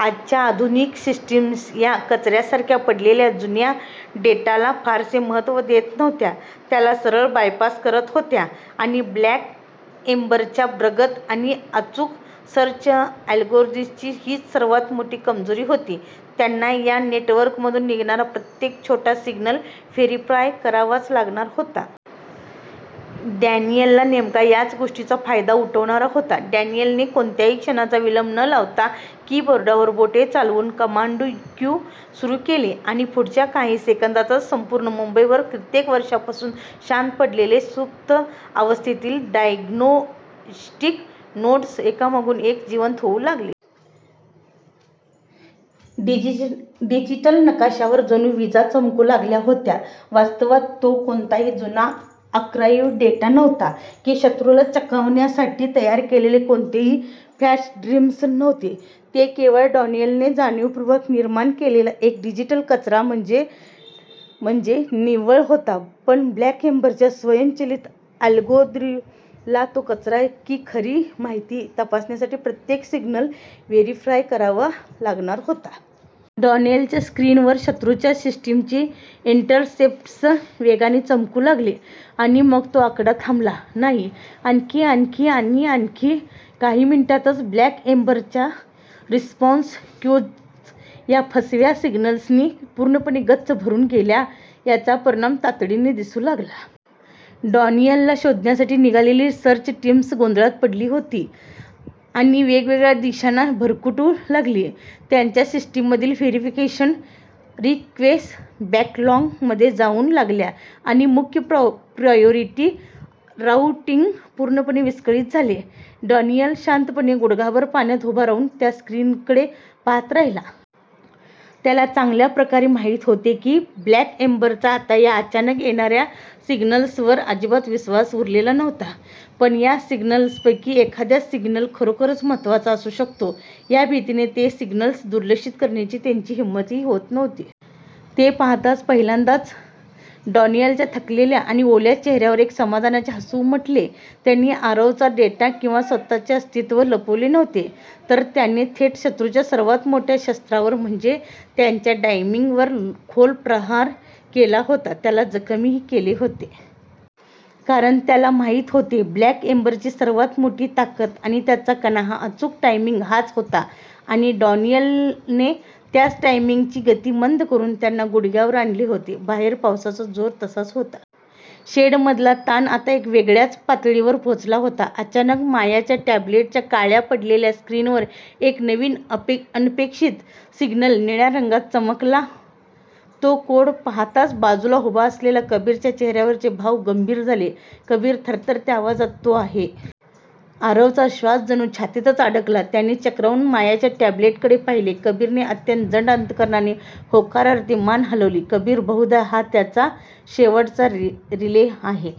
आजच्या आधुनिक सिस्टीम्स या कचऱ्यासारख्या पडलेल्या जुन्या डेटाला फारसे महत्त्व देत नव्हत्या, त्याला सरळ बायपास करत होत्या. पण ब्लॅक एम्बरच्या प्रगत आणि अचूक सर्च अल्गोरिदम्सची हीच सर्वात मोठी कमजोरी होती. त्यांना या नेटवर्कमधून निघणारा प्रत्येक छोटा सिग्नल व्हेरिफाय करावाच लागणार होता. डॅनियल नेमका याच गोष्टीचा फायदा उठवणार होता. डॅनियलने कोणत्याही क्षणाचा विलंब न लावता कीबोर्डवर बोटे चालवून कमांड क्यू सुरू केली आणि पुढच्या काही सेकंदांतच, संपूर्ण मुंबईभर कित्येक वर्षांपासून शांत पडलेले, सुप्त अवस्थेतील डायग्नोस्टिक नोड्स एकामागून एक जिवंत होऊ लागले. डिजिटल नकाशावर जणू विजा चमकू लागल्या होत्या. वास्तवात तो कोणताही जुना आर्काइव्ह डेटा नव्हता, की शत्रूला चकवण्यासाठी तयार केलेले कोणतेही फँटम ट्रेल्स नव्हते. तो केवळ डॅनियलने जाणीवपूर्वक निर्माण केलेला एक डिजिटल कचरा म्हणजेच निव्वळ होता, पण ब्लॅक एम्बरच्या स्वयंचलित अल्गोरिदमला तो कचरा की खरी माहिती, हे तपासण्यासाठी प्रत्येक सिग्नल व्हेरीफाय करावाच लागणार होता. डॅनियलच्या स्क्रीनवर शत्रूच्या सिस्टीमचे इंटरसेप्ट्स वेगाने चमकू लागले, आणि मग तो आकडा थांबला नाही. आणखी... आणखी... आणि आणखी! काही मिनिटांतच ब्लॅक एम्बरच्या रिस्पॉन्स क्यूज या फसव्या सिग्नल्सनी पूर्णपणे गच्च भरून गेल्या. याचा परिणाम तातडीने दिसू लागला. डॅनियलला शोधण्यासाठी निघालेली सर्च टीम्स गोंधळात पडली आणि वेगवेगळ्या दिशांना भरकटू लागली. त्यांच्या सिस्टीममधील व्हेरीफिकेशन रिक्वेस्ट्स बॅकलॉग मध्ये जाऊ लागल्या आणि मुख्य प्रायोरिटी राउटिंग पूर्णपणे विस्कळीत झाले. डॅनियल शांतपणे, गुडघाभर पाण्यात उभा राहून त्या स्क्रीनकडे पाहत राहिला. त्याला चांगल्या प्रकारे माहीत होते की, ब्लॅक एम्बरचा आता या अचानक येणाऱ्या सिग्नल्सवर अजिबात विश्वास उरलेला नव्हता. पण, या सिग्नल्सपैकी एखादा सिग्नल खरोखरच महत्त्वाचा असू शकतो, या भीतीने ते सिग्नल्स दुर्लक्षित करण्याची त्यांची हिंमतही होत नव्हती. ते पाहताच, पहिल्यांदाच डॅनियलच्या थकलेल्या आणि ओल्या चेहऱ्यावर एक समाधानाचे हसू उमटले. त्याने आरवचा डेटा किंवा स्वतःचे अस्तित्व लपवले नव्हते, तर त्याने थेट शत्रूच्या सर्वात मोठ्या शस्त्रावर म्हणजेच त्यांच्या टायमिंगवर खोल प्रहार केला होता, त्याला जखमी केले होते. कारण त्याला माहीत होते, ब्लॅक एम्बरची सर्वात मोठी ताकद आणि त्यांचा कणा हा अचूक टायमिंग हाच होता आणि डॅनियलने त्याच टायमिंगची गती मंद करून त्यांना गुडघ्यावर आणले होते. बाहेर पावसाचा जोर तसाच होता. शेडमधला ताण आता एका वेगळ्याच पातळीवर पोहोचला होता. अचानक, मायाच्या टॅब्लेटच्या काळ्या पडलेल्या स्क्रीनवर एक नवीन, अनपेक्षित सिग्नल निळ्या रंगात चमकला. तो कोड पाहताच बाजूला उभा असलेला कबीरच्या चेहऱ्यावरचे भाव गंभीर झाले. कबीर थरथरात्या आवाजात, "तो आहे... " आरवचा श्वास जणू छातीतच अडकला. त्याने चक्रावून मायाच्या टॅबलेटकडे पाहिले. कबीरने अत्यंत जड अंतःकरणाने होकारार्थी मान हलवली. कबीर, "बहुधा... हा त्याचा शेवटचा रिले आहे.